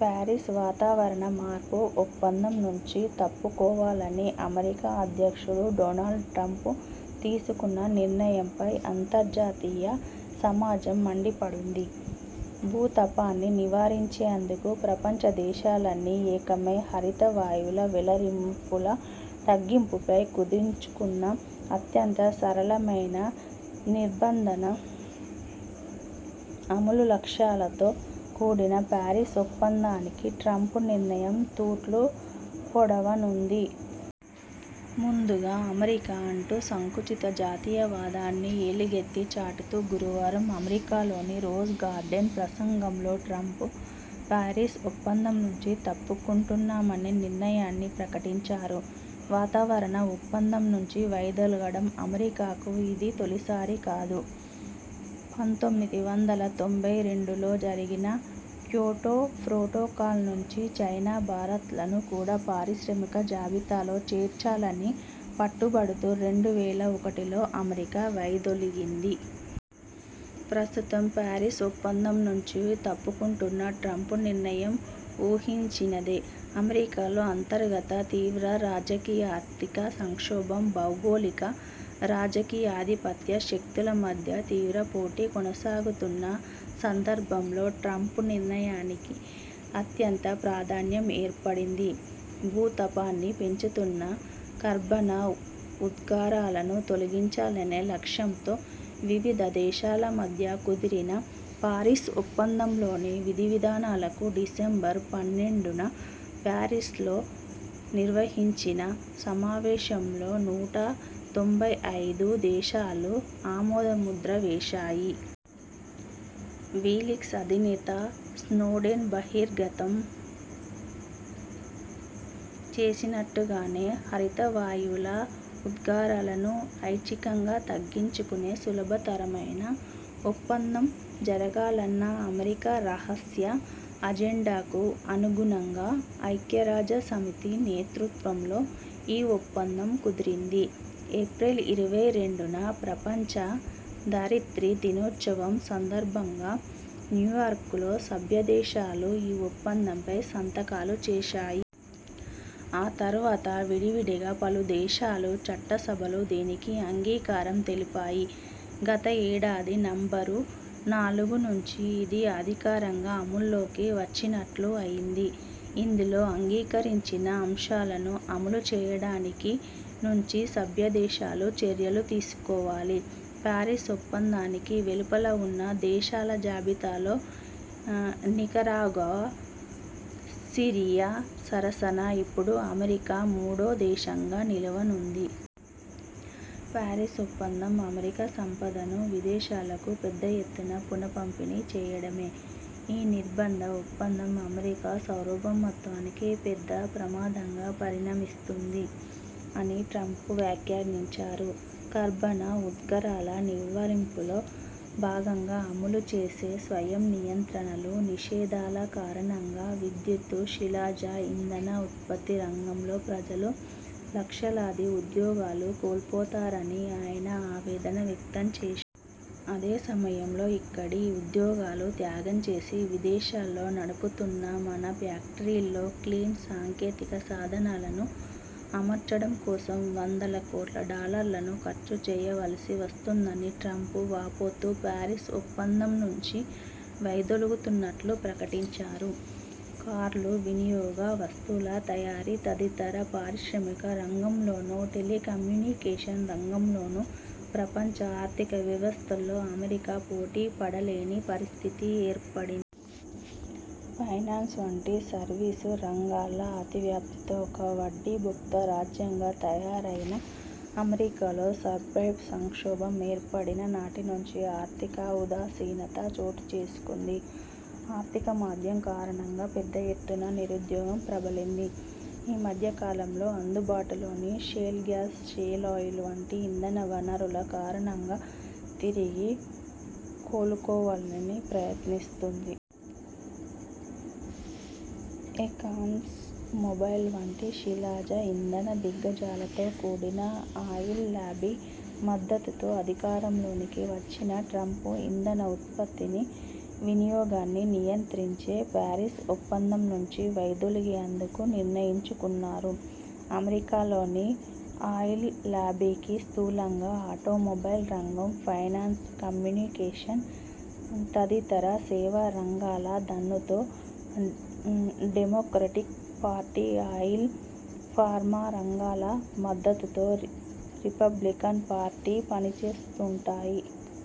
Paris 'వాతావరణ మార్పు' ఒప్పందం నుంచి తప్పుకోవాలని అమెరికా అధ్యక్షుడు డోనాల్డ్ ట్రంప్ తీసుకున్న నిర్ణయంపై అంతర్జాతీయ సమాజం మండిపడింది. భూతాపాన్ని నివారించేందుకు ప్రపంచ దేశాలన్నీ ఏకమై హరిత వాయువుల వెలువరింపుల తగ్గింపుపై కుదుర్చుకున్న అత్యంత సరళమైన, నిర్నిబంధ అమలు లక్ష్యాలతో కూడిన ప్యారిస్ ఒప్పందానికి ట్రంప్ నిర్ణయం తూట్లు పొడవనుంది. 'ముందుగా అమెరికా ' అంటూ సంకుచిత జాతీయవాదాన్ని ఎలుగెత్తి చాటుతూ గురువారం అమెరికాలోని రోజ్ గార్డెన్ ప్రసంగంలో ట్రంప్ ప్యారిస్ ఒప్పందం నుంచి తప్పుకుంటున్నామనే నిర్ణయాన్ని ప్రకటించారు. వాతావరణ ఒప్పందం నుంచి వైదొలగడం అమెరికాకు ఇది తొలిసారి కాదు. పంతొమ్మిది వందల తొంభై రెండులో జరిగిన క్యోటో ప్రొటోకాల్ నుంచి చైనా, భారత్లను కూడా పారిశ్రామిక జాబితాలో చేర్చాలని పట్టుబడుతూ రెండు వేల ఒకటిలో అమెరికా వైదొలగింది. ప్రస్తుతం ప్యారిస్ ఒప్పందం నుంచి తప్పుకుంటున్న ట్రంప్ నిర్ణయం ఊహించినదే. అమెరికాలో అంతర్గత తీవ్ర రాజకీయార్థిక సంక్షోభం, భౌగోళిక రాజకీయాధిపత్య శక్తుల మధ్య తీవ్ర పోటీ కొనసాగుతున్న సందర్భంలో ట్రంప్ నిర్ణయానికి అత్యంత ప్రాధాన్యం ఏర్పడింది. భూతాపాన్ని పెంచుతున్న కర్బన ఉద్గారాలను తగ్గించాలనే లక్ష్యంతో వివిధ దేశాల మధ్య కుదిరిన పారిస్ ఒప్పందంలోని విధివిధానాలకు డిసెంబరు పన్నెండున ప్యారిస్లో నిర్వహించిన సమావేశంలో నూట తొంభై ఐదు దేశాలు ఆమోదముద్ర వేశాయి. వికీలీక్స్ అధినేత స్నోడెన్ బహిర్గతం చేసినట్లుగానే హరిత వాయువుల ఉద్గారాలను ఐచ్ఛికంగా తగ్గించుకునే సులభతరమైన ఒప్పందం జరగాలన్న అమెరికా రహస్య అజెండాకు అనుగుణంగా ఐక్యరాజ్యసమితి నేతృత్వంలో ఈ ఒప్పందం కుదిరింది. ఏప్రిల్ ఇరవై రెండున ప్రపంచ ధరిత్రి దినోత్సవం సందర్భంగా న్యూయార్క్లో సభ్యదేశాలు ఈ ఒప్పందంపై సంతకాలు చేశాయి. ఆ తర్వాత విడివిడిగా పలుదేశాల చట్టసభలు దీనికి అంగీకారం తెలిపాయి. గత ఏడాది నవంబరు నాలుగు నుంచి ఇది అధికారికంగా అమల్లోకి వచ్చినట్లు అయింది. ఇందులో అంగీకరించిన అంశాలను అమలు చేయటానికి నుంచి సభ్యదేశాలు చర్యలు తీసుకోవాలి. ప్యారిస్ ఒప్పందానికి వెలుపల ఉన్న దేశాల జాబితాలో నికరాగువా, సిరియా సరసన ఇప్పుడు అమెరికా మూడో దేశంగా నిలవనుంది. 'ప్యారిస్ ఒప్పందం అమెరికా సంపదను విదేశాలకు పెద్ద ఎత్తున పునఃపంపిణీ చేయడమే. ఈ నిర్నిబంధ ఒప్పందం అమెరికా సార్వభౌమత్వానికి పెద్ద ప్రమాదంగా పరిణమిస్తుంది' అని ట్రంప్ వ్యాఖ్యానించారు. కర్బన ఉద్గారాల నిలువరింపుల్లో భాగంగా అమలు చేసే స్వయం నియంత్రణలు, నిషేధాల కారణంగా విద్యుత్, శిలాజ ఇంధన ఉత్పత్తి రంగంలో ప్రజలు లక్షలాది ఉద్యోగాలు కోల్పోతారని ఆయన ఆవేదన వ్యక్తం చేశారు. అదే సమయంలో ఇక్కడి ఉద్యోగాలు త్యాగం చేసి విదేశాల్లో నడుపుతున్న మన ఫ్యాక్టరీల్లో క్లీన్ సాంకేతిక సాధనాలను అమర్చడం కోసం వందల కోట్ల డాలర్లను ఖర్చు చేయవలసి వస్తోందని ట్రంప్ వాపోతూ ప్యారిస్ ఒప్పందం నుంచి వైదొలగుతున్నట్లు ప్రకటించారు. కార్లు, వినియోగ వస్తువుల తయారీ తదితర పారిశ్రామిక రంగంలోనూ, టెలికమ్యూనికేషన్ రంగంలోనూ ప్రపంచ ఆర్థిక వ్యవస్థలో అమెరికా పోటీ పడలేని పరిస్థితి ఏర్పడింది. ఫైనాన్స్ వంటి సర్వీసు రంగాల అతి వ్యాప్తితో ఒక 'వడ్డీభుక్త' రాజ్యం గా తయారైన అమెరికాలో సబ్ప్రైం సంక్షోభం ఏర్పడిన నాటి నుంచి ఆర్థిక ఉదాసీనత చోటుచేసుకుంది. ఆర్థిక మాంద్యం కారణంగా పెద్ద ఎత్తున నిరుద్యోగం ప్రబలింది. ఈ మధ్యకాలంలో అందుబాటులోకి షేల్ గ్యాస్, షేల్ ఆయిల్ వంటి ఇంధన వనరుల కారణంగా తిరిగి కోలుకోవాలని ప్రయత్నిస్తోంది. ఎక్సాన్ మొబైల్ వంటి శిలాజ ఇంధన దిగ్గజాలతో కూడిన ఆయిల్ లాబీ మద్దతుతో అధికారంలోకి వచ్చిన ట్రంప్ ఇంధన ఉత్పత్తిని, వినియోగాన్ని నియంత్రించే ప్యారిస్ ఒప్పందం నుంచి వైదొలగేందుకు నిర్ణయించుకున్నారు. అమెరికాలోని ఆయిల్ లాబీకి, స్థూలంగా ఆటోమొబైల్ రంగం, ఫైనాన్స్, కమ్యూనికేషన్స్ తదితర సేవా రంగాల దన్నుతో డెమొక్రటిక్ పార్టీ ఆయిల్, ఫార్మా రంగాల మద్దతుతో రిపబ్లికన్ పార్టీ పనిచేస్తుంటాయి.